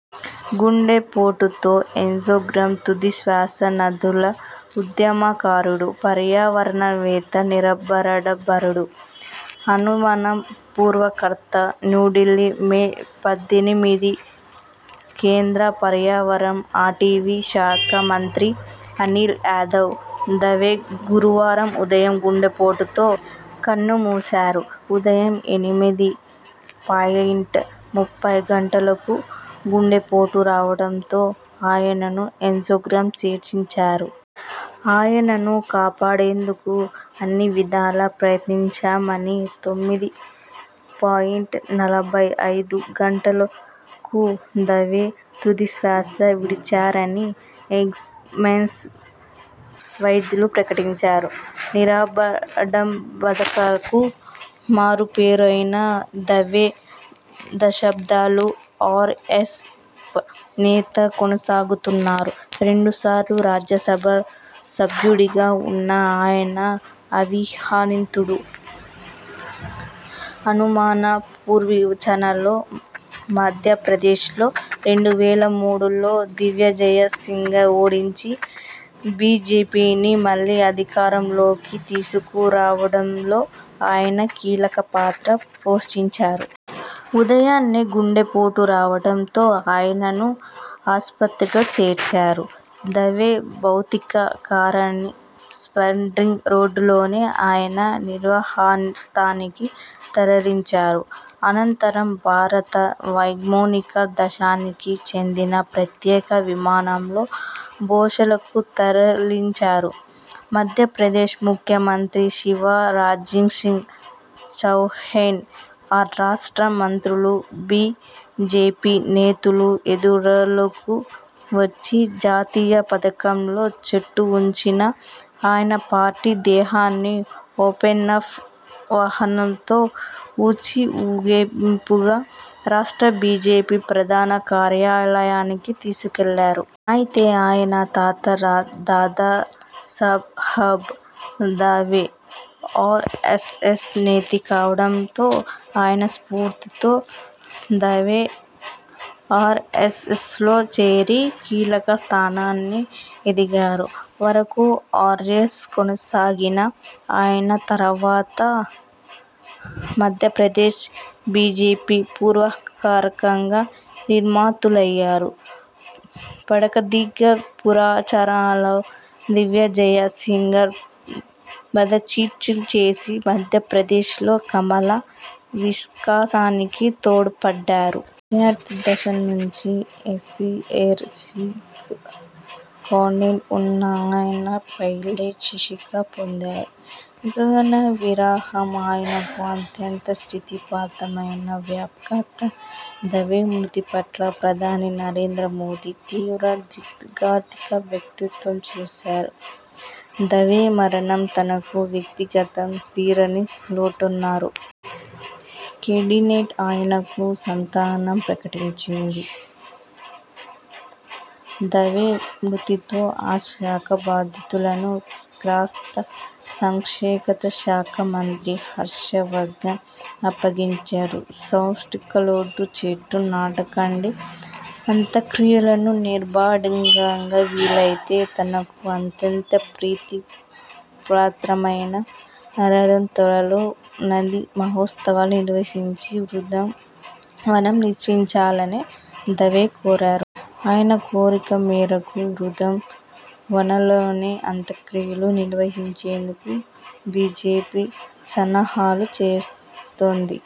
గుండెపోటుతో ఎయిమ్స్లో తుదిశ్వాసనదుల ఉద్యమకారుడు, పర్యావరణవేత్త నిరాడంబరుడు.. అసమాన పుహకర్త న్యూఢిల్లీ, మే పద్దెనిమిది కేంద్ర పర్యావరణ, అటవీ శాఖ మంత్రి అనిల్ మాధవ్ దవే గురువారం ఉదయం గుండెపోటుతో కన్నుమూశారు. ఉదయం ఎనిమిది పాయింట్ ముప్పై గంటలకు గుండెపోటు రావడంతో ఆయనను ఎయిమ్స్లో చేర్పించారు. ఆయనను కాపాడేందుకు అన్నివిధాలా ప్రయత్నించామని, తొమ్మిది పాయింట్ నలభై ఐదు గంటలకు దవే తుదిశ్వాస విడిచారని ఎయిమ్స్ వైద్యులు ప్రకటించారు. నిరాడంబరతకు మారుపేరైన దవే దశాబ్దాలుగా ఆర్ఎ్సఎస్ నేతగా కొనసాగుతున్నారు. రెండు సార్లు రాజ్యసభ సభ్యుడిగా ఉన్న ఆయన అవివాహితుడు. అసమాన వ్యూహరచనతో మధ్య ప్రదేశ్ లో రెండు వేల మూడులో దిగ్విజయ్ సింగ్ను ఓడించి, బీజేపీని మళ్లీ అధికారం లోకి తీసుకు రావడంలో ఆయన కీలక పాత్ర పోషించారు. ఉదయాన్నే గుండెపోటు రావడంతో ఆయనను ఆస్పత్రిలో చేర్పించారు. దవే భౌతిక కాయాన్ని సఫ్దర్జంగ్ రోడ్డులోని ఆయన నివాసానికి తరలించారు. అనంతరం భారత వైమానిక దళానికి చెందిన ప్రత్యేక విమానంలో భోపాల్కు తరలించారు. మధ్యప్రదేశ్ ముఖ్య మంత్రి శివరాజ్సింగ్ చౌహాన్, ఆ రాష్ట్ర మంత్రులు, బీజేపీ నేతలు ఎయిర్పోర్టుకు వచ్చి, జాతీయ పతాకంలో చుట్టి ఉంచిన ఆయన పార్థివ దేహా న్ని ఓపెన్టాప్ వాహనంలో ఉంచి ఊరేగింపుగా రాష్ట్ర బీజేపీ ప్రధాన కార్యాలయానికి తీసుకెళ్లారు. అయితే, ఆయన తాత దాదాసాహెబ్ దవే ఆర్ఎస్ఎస్ నేత కావడంతో ఆయన స్ఫూర్తితో దవే ఆర్ఎ్సఎ్సలో చేరి కీలక స్థానానికి ఎదిగారు. వరకు ఆర్ఎ్సఎ్సలో కొనసాగిన ఆయన ఆ తరువాత మధ్యప్రదేశ్ బీజేపీ వ్యూహకర్తగా నియమితులయ్యారు. పకడ్బందీ వ్యూహరచనతో దిగ్విజయ్ సింగ్ను పదవీచ్యుతుణ్ని చేసి, మధ్యప్రదేశ్ లో కమల వికాసానికి తోడ్పడ్డారు. విద్యార్థి దశ నుంచి ఎన్సీసీ ఎయిర్ వింగ్ క్యాడెట్గా ఉన్న ఆయన పైలెట్గా శిక్షణ పొందారు. గగన విహారం ఆయనకు అత్యంత ప్రీతి పాత్రమైన వ్యాపకం. దవే మృతి పట్ల ప్రధాని నరేంద్ర మోదీ తీవ్ర దిగ్ర్భాంతి వ్యక్తం చేశారు. దవే మరణం తనకు వ్యక్తి గతంగా తీరని లోటన్నారు. కేబినెట్ ఆయనకు సంతాపం ప్రకటించింది. దవే మృతితో ఆ శాఖ బాధ్యతలను శాస్త్ర సాంకేతిక శాఖ మంత్రి హర్ష వర్ధన్కు అప్పగించారు. స్మారకాలొద్దు, చెట్లు నాటండి అంత్యక్రియలను నిరాడంబరంగా, వీలయితే తనకు అత్యంత ప్రీతి పాత్రమైన నర్మదా తీరంలో నదీ మహోత్సవం నిర్వహించిన బృందా వనంలో నిర్వహించాలని దవే కోరారు. ఆయన కోరిక మేరకు, బృందా వనలోనే అత్యక్రియలు నిర్వహించేందుకు బీజేపీ సన్నాహాలు చేస్తోంది.